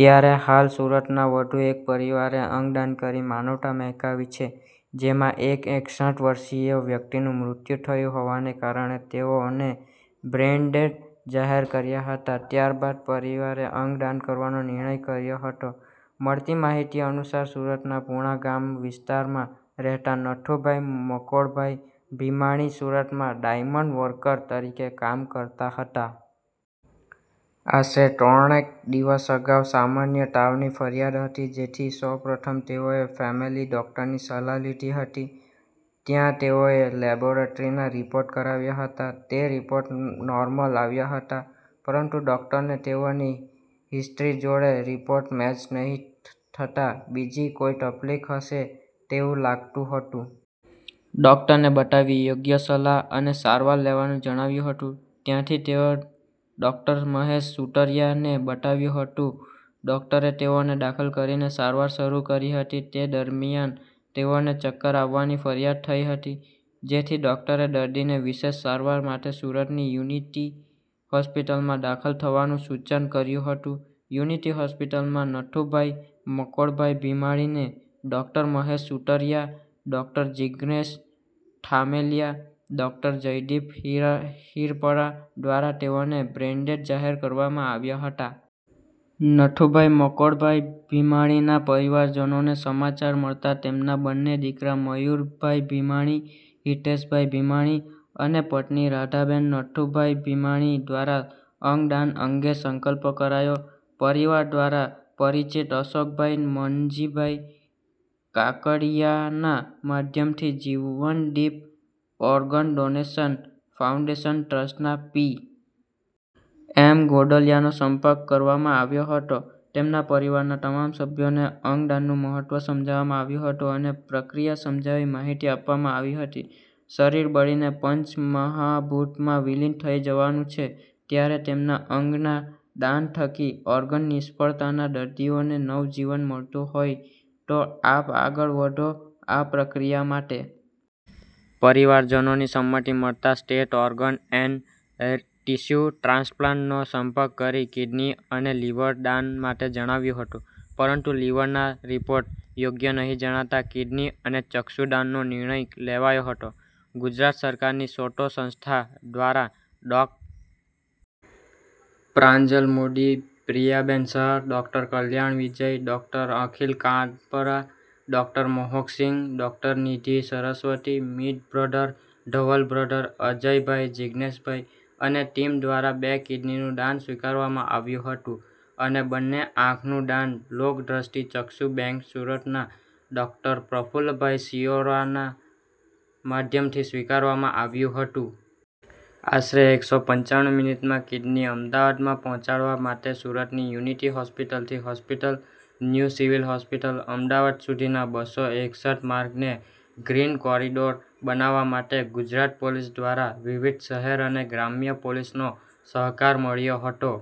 ત્યારે હાલ સુરતના વધુ એક પરિવારે અંગદાન કરી માનવતા મહેકાવી છે. જેમાં એક એકસઠ વર્ષીય વ્યક્તિનું મૃત્યુ થયું હોવાને કારણે તેઓ અને બ્રેઇનડેડ જાહેર કર્યા હતા. ત્યારબાદ પરિવારે અંગદાન કરવાનો નિર્ણય કર્યો હતો. મળતી માહિતી અનુસાર, સુરતના પુણાગામ વિસ્તારમાં રહેતા નથુભાઈ મકોડભાઈ ભીમાણી સુરતમાં ડાયમંડ વર્કર તરીકે કામ કરતા હતા. આશરે ત્રણેક દિવસ અગાઉ સામાન્ય તાવની ફરિયાદ હતી, જેથી સૌ પ્રથમ તેઓએ ફેમેલી ડોક્ટરની સલાહ લીધી હતી, ત્યાં તેઓએ લેબોરેટરી ના રીપોર્ટ કરાવ્યા હતા, તે રીપોર્ટ નોર્મલ આવ્યા હતા પરંતુ ડોક્ટરને તેઓની હિસ્ટ્રી જોડે રીપોર્ટ મેચ નહી થતા, બીજી કોઈ તફલીક હશે તેવું લાગતું હતું. ડોક્ટરને બતાવી યોગ્ય સલાહ અને સારવાર લેવાનું જણાવ્યું હતું, ત્યાંથી તેઓ ડોક્ટર મહેશ સુતરીયા ને બતાવ્યું હતું, ડોકટરે તેઓને દાખલ કરીને સારવાર શરુ કરી હતી, તે દરમ્યાન તેઓને ચક્કર આવવાની ફરિયાદ થઈ હતી, જેથી ડોકટરે દર્દીને વિશેષ સારવાર માટે સુરતની યુનિટી હોસ્પીટલમાં દાખલ થવાનું સૂચન કર્યું હતું યુનિટી હોસ્પીટલમાં નથુભાઈ મકોડભાઈ ભીમાણીને doctor Mahesh Sutariya, doctor Jignesh Thameliya, doctor Jaydeep Hirpara દ્વારા તેઓને બ્રેઈનડેડ જાહેર કરવામાં આવ્યા હતા. નથુભાઈ મકોડભાઈ ભીમાણીના પરિવારજનોને સમાચાર મળતા તેમના બંને દીકરા મયુરભાઈ ભીમાણી, હિતેશભાઈ ભીમાણી અને પત્ની રાધાબેન નથુભાઈ ભીમાણી દ્વારા અંગદાન અંગે સંકલ્પ કરાયો. પરિવાર દ્વારા પરિચિત અશોકભાઈ મનજીભાઈ કાકડિયાના માધ્યમથી જીવનદીપ ઓર્ગનડોનેશન ફાઉન્ડેશન ટ્રસ્ટના પી. એમ. ગોંડલિયાનો સંપર્ક કરવામાં આવ્યો હતો, તેમના પરિવારના તમામ સભ્યોને અંગદાનનું મહત્વ સમજાવવામાં આવ્યું હતું અને પ્રક્રિયા સમજાવી માહિતી આપવામાં આવી હતી. શરીર બળીને પંચમહાભૂતમાં વિલીન થઈ જવાનું છે, ત્યારે તેમના અંગના દાન થકી ઓર્ગન નિષ્ફળતાના દર્દીઓને નવજીવન મળતું હોઈ તો આપ આગળ વધો આ પ્રક્રિયા માટે. પરિવારજનોની સંમતી મળતા state organ and a tissue transplant નો સંપર્ક કરી કીડની અને લીવર દાન માટે જણાવ્યું હતું. પરંતુ લીવરના રીપોર્ટ યોગ્ય નહીં જણાતા કિડની અને ચક્ષુદાન નો નિર્ણય લેવાયો હતો. ગુજરાત સરકારની સોટો સંસ્થા દ્વારા ડો. Pranjal Modi, Priyaben Shah, doctor Kalyan Vijay, doctor Akhil Kandpara, doctor Mohak Singh, doctor Nidhi Saraswati, Mit brother, Dhaval brother, Ajaybhai, Jigneshbhai અને ટિમ દ્વારા બે કીડનીનું દાન સ્વીકારવામાં આવ્યું હતું, અને બંને આંખનું દાન લોક્દ્રષ્ટિ ચક્ષુ બેંક સુરતના ડોક્ટર પ્રફુલભાઈ શિયોરાના માધ્યમથી સ્વીકારવામાં આવ્યું હતું. આશરે એકસો પંચાણું મીનીટમાં કીડની અમદાવાદમાં પહોંચાડવા માટે સુરતની યુનિટી હોસ્પિટલ થી hospital, new civil hospital, Ahmedabad સુધીના બસો એકસઠ માર્ગને ગ્રીન કોરીડોર બનાવવા માટે ગુજરાત પોલીસ દ્વારા વિવિધ શહેર અને ગ્રામ્ય પોલીસનો સહકાર મળ્યો હતો.